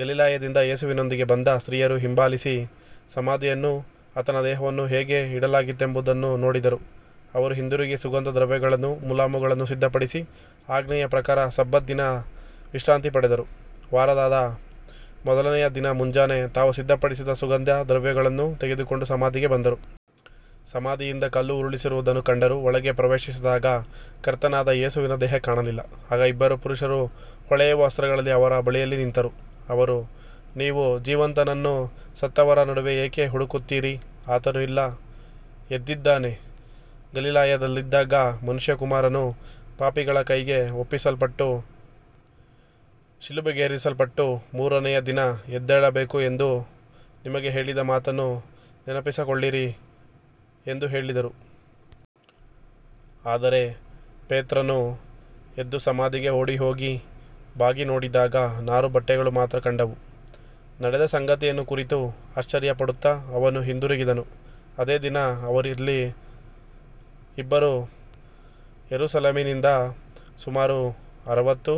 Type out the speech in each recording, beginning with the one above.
ಗಲಿಲಾಯದಿಂದ ಯೇಸುವಿನೊಂದಿಗೆ ಬಂದ ಸ್ತ್ರೀಯರು ಹಿಂಬಾಲಿಸಿ, ಸಮಾಧಿಯನ್ನೂ ಆತನ ದೇಹವನ್ನು ಹೇಗೆ ಇಡಲಾಗಿತ್ತೆಂಬುದನ್ನೂ ನೋಡಿದರು. ಅವರು ಹಿಂದಿರುಗಿ ಸುಗಂಧ ದ್ರವ್ಯಗಳನ್ನೂ ಮುಲಾಮುಗಳನ್ನೂ ಸಿದ್ಧಪಡಿಸಿ, ಆಜ್ಞೆಯ ಪ್ರಕಾರ ಸಬ್ಬತ್ ದಿನ ವಿಶ್ರಾಂತಿ ಪಡೆದರು. ವಾರದ ಮೊದಲನೆಯ ದಿನ ಮುಂಜಾನೆ, ತಾವು ಸಿದ್ಧಪಡಿಸಿದ ಸುಗಂಧ ದ್ರವ್ಯಗಳನ್ನು ತೆಗೆದುಕೊಂಡು ಸಮಾಧಿಗೆ ಬಂದರು. ಸಮಾಧಿಯಿಂದ ಕಲ್ಲು ಉರುಳಿಸಿರುವುದನ್ನು ಕಂಡರು. ಒಳಗೆ ಪ್ರವೇಶಿಸಿದಾಗ ಕರ್ತನಾದ ಯೇಸುವಿನ ದೇಹ ಕಾಣಲಿಲ್ಲ. ಆಗ ಇಬ್ಬರು ಪುರುಷರು ಹೊಳೆಯುವ ವಸ್ತ್ರಗಳಲ್ಲಿ ಅವರ ಬಳಿಯಲ್ಲಿ ನಿಂತರು. ಅವರು, ನೀವು ಜೀವಂತನನ್ನು ಸತ್ತವರ ನಡುವೆ ಏಕೆ ಹುಡುಕುತ್ತೀರಿ. ಆತನು ಇಲ್ಲ, ಎದ್ದಿದ್ದಾನೆ. ಗಲಿಲಾಯದಲ್ಲಿದ್ದಾಗ ಮನುಷ್ಯಕುಮಾರನು ಪಾಪಿಗಳ ಕೈಗೆ ಒಪ್ಪಿಸಲ್ಪಟ್ಟು ಶಿಲುಬೆಗೇರಿಸಲ್ಪಟ್ಟು ಮೂರನೆಯ ದಿನ ಎದ್ದೇಳಬೇಕು ಎಂದು ನಿಮಗೆ ಹೇಳಿದ ಮಾತನ್ನು ನೆನಪಿಸಿಕೊಳ್ಳಿರಿ ಎಂದು ಹೇಳಿದರು. ಆದರೆ ಪೇತ್ರನು ಎದ್ದು ಸಮಾಧಿಗೆ ಓಡಿಹೋಗಿ ಬಾಗಿ ನೋಡಿದಾಗ ನಾರುಬಟ್ಟೆಗಳು ಮಾತ್ರ ಕಂಡವು. ನಡೆದ ಸಂಗತಿಯನ್ನು ಕುರಿತು ಆಶ್ಚರ್ಯಪಡುತ್ತಾ ಅವನು ಹಿಂದಿರುಗಿದನು. ಅದೇ ದಿನ ಅವರಲ್ಲಿ ಇಬ್ಬರು ಯೆರೂಸಲೇಮಿನಿಂದ ಸುಮಾರು ಅರವತ್ತು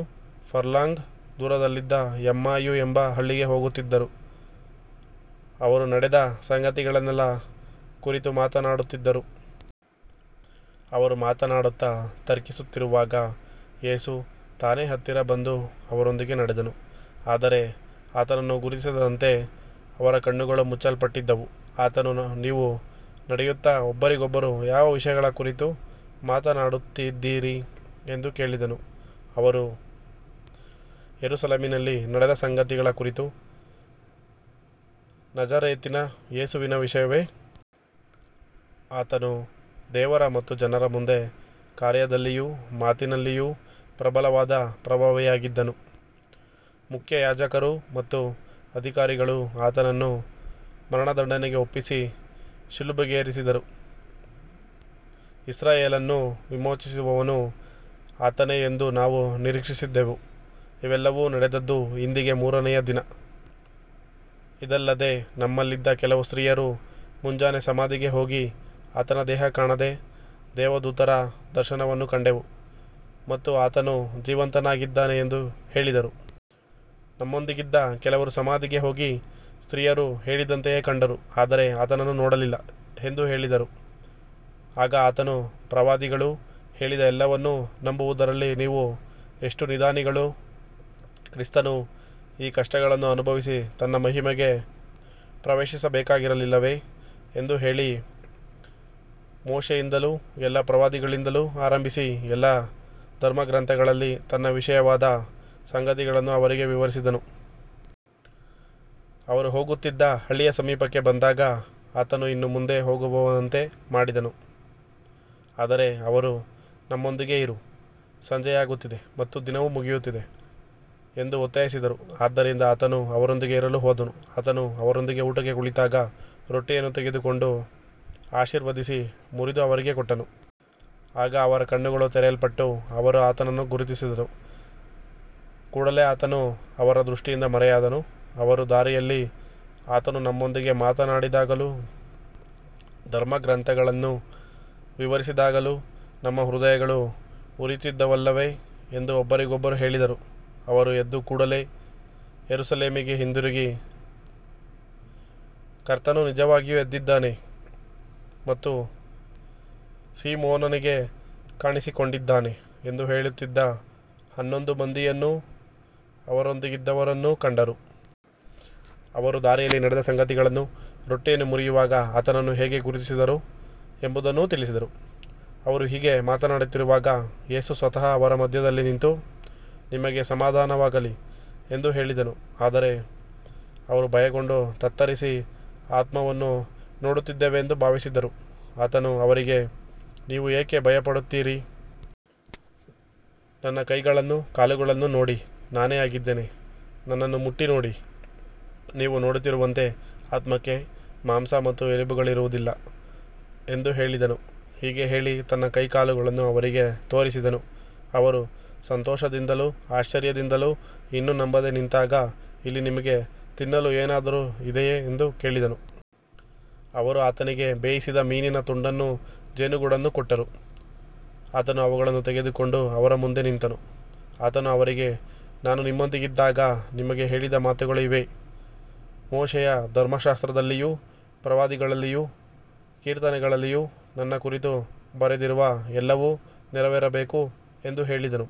ಫರ್ಲಾಂಗ್ ದೂರದಲ್ಲಿದ್ದ ಎಮ್ಮಾಯು ಎಂಬ ಹಳ್ಳಿಗೆ ಹೋಗುತ್ತಿದ್ದರು. ಅವರು ನಡೆದ ಸಂಗತಿಗಳನ್ನೆಲ್ಲ ಕುರಿತು ಮಾತನಾಡುತ್ತಿದ್ದರು. ಅವರು ಮಾತನಾಡುತ್ತಾ ತರ್ಕಿಸುತ್ತಿರುವಾಗ ಯೇಸು ತಾನೇ ಹತ್ತಿರ ಬಂದು ಅವರೊಂದಿಗೆ ನಡೆದನು. ಆದರೆ ಆತನನ್ನು ಗುರುತಿಸದಂತೆ ಅವರ ಕಣ್ಣುಗಳು ಮುಚ್ಚಲ್ಪಟ್ಟಿದ್ದವು. ಆತನು, ನೀವು ನಡೆಯುತ್ತಾ ಒಬ್ಬರಿಗೊಬ್ಬರು ಯಾವ ವಿಷಯಗಳ ಕುರಿತು ಮಾತನಾಡುತ್ತಿದ್ದೀರಿ ಎಂದು ಕೇಳಿದನು. ಅವರು, ಯೆರೂಸಲೇಮಿನಲ್ಲಿ ನಡೆದ ಸಂಗತಿಗಳ ಕುರಿತು. ನಜರೇತಿನ ಯೇಸುವಿನ ವಿಷಯವೇ. ಆತನು ದೇವರ ಮತ್ತು ಜನರ ಮುಂದೆ ಕಾರ್ಯದಲ್ಲಿಯೂ ಮಾತಿನಲ್ಲಿಯೂ ಪ್ರಬಲವಾದ ಪ್ರವಾದಿಯಾಗಿದ್ದನು. ಮುಖ್ಯಯಾಜಕರೂ ನಮ್ಮ ಅಧಿಕಾರಿಗಳೂ ಆತನನ್ನು ಮರಣದಂಡನೆಗೆ ಒಪ್ಪಿಸಿ ಶಿಲುಬೆಗೇರಿಸಿದರು. ಇಸ್ರಾಯೇಲನ್ನು ವಿಮೋಚಿಸುವವನು ಆತನೇ ಎಂದು ನಾವು ನಿರೀಕ್ಷಿಸಿದ್ದೆವು. ಇವೆಲ್ಲವೂ ನಡೆದದ್ದು ಇಂದಿಗೆ ಮೂರನೆಯ ದಿನ. ಇದಲ್ಲದೆ ನಮ್ಮಲ್ಲಿದ್ದ ಕೆಲವು ಸ್ತ್ರೀಯರು ಮುಂಜಾನೆ ಸಮಾಧಿಗೆ ಹೋಗಿ, ಆತನ ದೇಹ ಕಾಣದೆ, ದೇವದೂತರ ದರ್ಶನವನ್ನು ಕಂಡೆವು ಮತ್ತು ಆತನು ಜೀವಂತನಾಗಿದ್ದಾನೆ ಎಂದು ಹೇಳಿದರು. ನಮ್ಮೊಂದಿಗಿದ್ದ ಕೆಲವರು ಸಮಾಧಿಗೆ ಹೋಗಿ ಸ್ತ್ರೀಯರು ಹೇಳಿದಂತೆಯೇ ಕಂಡರು, ಆದರೆ ಆತನನ್ನು ನೋಡಲಿಲ್ಲ ಎಂದು ಹೇಳಿದರು. ಆಗ ಆತನು, ಪ್ರವಾದಿಗಳು ಹೇಳಿದ ಎಲ್ಲವನ್ನೂ ನಂಬುವುದರಲ್ಲಿ ನೀವು ಎಷ್ಟು ನಿಧಾನಿಗಳು. ಕ್ರಿಸ್ತನು ಈ ಕಷ್ಟಗಳನ್ನು ಅನುಭವಿಸಿ ತನ್ನ ಮಹಿಮೆಗೆ ಪ್ರವೇಶಿಸಬೇಕಾಗಿರಲಿಲ್ಲವೇ ಎಂದು ಹೇಳಿ, ಮೋಶೆಯಿಂದಲೂ ಎಲ್ಲಾ ಪ್ರವಾದಿಗಳಿಂದಲೂ ಆರಂಭಿಸಿ ಎಲ್ಲಾ ಧರ್ಮಗ್ರಂಥಗಳಲ್ಲಿ ತನ್ನ ವಿಷಯವಾದ ಸಂಗತಿಗಳನ್ನು ಅವರಿಗೆ ವಿವರಿಸಿದನು. ಅವರು ಹೋಗುತ್ತಿದ್ದ ಹಳ್ಳಿಯ ಸಮೀಪಕ್ಕೆ ಬಂದಾಗ ಆತನು ಇನ್ನೂ ಮುಂದೆ ಹೋಗುವವನಂತೆ ಮಾಡಿದನು. ಆದರೆ ಅವರು, ನಮ್ಮೊಂದಿಗೆ ಇರು, ಸಂಜೆಯಾಗುತ್ತಿದೆ ಮತ್ತು ದಿನವು ಮುಗಿಯುತ್ತಿದೆ ಎಂದು ಒತ್ತಾಯಿಸಿದರು. ಆದ್ದರಿಂದ ಆತನು ಅವರೊಂದಿಗೆ ಇರಲು ಹೋದನು. ಆತನು ಅವರೊಂದಿಗೆ ಊಟಕ್ಕೆ ಕುಳಿತಾಗ ರೊಟ್ಟಿಯನ್ನು ತೆಗೆದುಕೊಂಡು ಆಶೀರ್ವದಿಸಿ ಮುರಿದು ಅವರಿಗೆ ಕೊಟ್ಟನು. ಆಗ ಅವರ ಕಣ್ಣುಗಳು ತೆರೆಯಲ್ಪಟ್ಟು ಅವರು ಆತನನ್ನು ಗುರುತಿಸಿದರು. ಕೂಡಲೇ ಆತನು ಅವರ ದೃಷ್ಟಿಯಿಂದ ಮರೆಯಾದನು. ಅವರು, ದಾರಿಯಲ್ಲಿ ಆತನು ನಮ್ಮೊಂದಿಗೆ ಮಾತನಾಡಿದಾಗಲೂ ಧರ್ಮಗ್ರಂಥಗಳನ್ನು ವಿವರಿಸಿದಾಗಲೂ ನಮ್ಮ ಹೃದಯಗಳು ಉರಿಯುತ್ತಿದ್ದವಲ್ಲವೇ ಎಂದು ಒಬ್ಬರಿಗೊಬ್ಬರು ಹೇಳಿದರು. ಅವರು ಎದ್ದು ಕೂಡಲೇ ಯೆರೂಸಲೇಮಿಗೆ ಹಿಂದಿರುಗಿ, ಕರ್ತನು ನಿಜವಾಗಿಯೂ ಎದ್ದಿದ್ದಾನೆ ಮತ್ತು ಸೀಮೋನನಿಗೆ ಕಾಣಿಸಿಕೊಂಡಿದ್ದಾನೆ ಎಂದು ಹೇಳುತ್ತಿದ್ದ ಹನ್ನೊಂದು ಮಂದಿಯನ್ನೂ ಅವರೊಂದಿಗಿದ್ದವರನ್ನೂ ಕಂಡರು. ಅವರೂ ದಾರಿಯಲ್ಲಿ ನಡೆದ ಸಂಗತಿಗಳನ್ನೂ ರೊಟ್ಟಿಯನ್ನು ಮುರಿಯುವಾಗ ಆತನನ್ನು ಹೇಗೆ ಗುರುತಿಸಿದರು ಎಂಬುದನ್ನೂ ತಿಳಿಸಿದರು. ಅವರು ಹೀಗೆ ಮಾತನಾಡುತ್ತಿರುವಾಗ ಯೇಸು ಸ್ವತಃ ಅವರ ಮಧ್ಯದಲ್ಲಿ ನಿಂತು, ನಿಮಗೆ ಸಮಾಧಾನವಾಗಲಿ ಎಂದು ಹೇಳಿದನು. ಆದರೆ ಅವರು ಭಯಗೊಂಡು ತತ್ತರಿಸಿ, ಆತ್ಮವನ್ನು ನೋಡುತ್ತಿದ್ದೇವೆಂದು ಭಾವಿಸಿದರು. ಆತನು ಅವರಿಗೆ, ನೀವು ಏಕೆ ಭಯಪಡುತ್ತೀರಿ. ನನ್ನ ಕೈಗಳನ್ನೂ ಕಾಲುಗಳನ್ನೂ ನೋಡಿ, ನಾನೇ ಆಗಿದ್ದೇನೆ. ನನ್ನನ್ನು ಮುಟ್ಟಿ ನೋಡಿ. ನೀವು ನೋಡುತ್ತಿರುವಂತೆ ಆತ್ಮಕ್ಕೆ ಮಾಂಸ ಮತ್ತು ಎಲುಬುಗಳಿರುವುದಿಲ್ಲ ಎಂದು ಹೇಳಿದನು. ಹೀಗೆ ಹೇಳಿ ತನ್ನ ಕೈಕಾಲುಗಳನ್ನು ಅವರಿಗೆ ತೋರಿಸಿದನು. ಅವರು ಸಂತೋಷದಿಂದಲೂ ಆಶ್ಚರ್ಯದಿಂದಲೂ ಇನ್ನೂ ನಂಬದೆ ನಿಂತಾಗ, ಇಲ್ಲಿ ನಿಮಗೆ ತಿನ್ನಲು ಏನಾದರೂ ಇದೆಯೇ ಎಂದು ಕೇಳಿದನು. ಅವರು ಆತನಿಗೆ ಬೇಯಿಸಿದ ಮೀನಿನ ತುಂಡನ್ನೂ ಜೇನುಗೂಡನ್ನೂ ಕೊಟ್ಟರು. ಆತನು ಅವುಗಳನ್ನು ತೆಗೆದುಕೊಂಡು ಅವರ ಮುಂದೆ ತಿಂದನು. ಆತನು ಅವರಿಗೆ, ನಾನು ನಿಮ್ಮೊಂದಿಗಿದ್ದಾಗ ನಿಮಗೆ ಹೇಳಿದ ಮಾತುಗಳು ಇವೇ. ಮೋಶೆಯ ಧರ್ಮಶಾಸ್ತ್ರದಲ್ಲಿಯೂ ಪ್ರವಾದಿಗಳಲ್ಲಿಯೂ ಕೀರ್ತನೆಗಳಲ್ಲಿಯೂ ನನ್ನ ಕುರಿತು ಬರೆದಿರುವ ಎಲ್ಲವೂ ನೆರವೇರಬೇಕು ಎಂದು ಹೇಳಿದನು.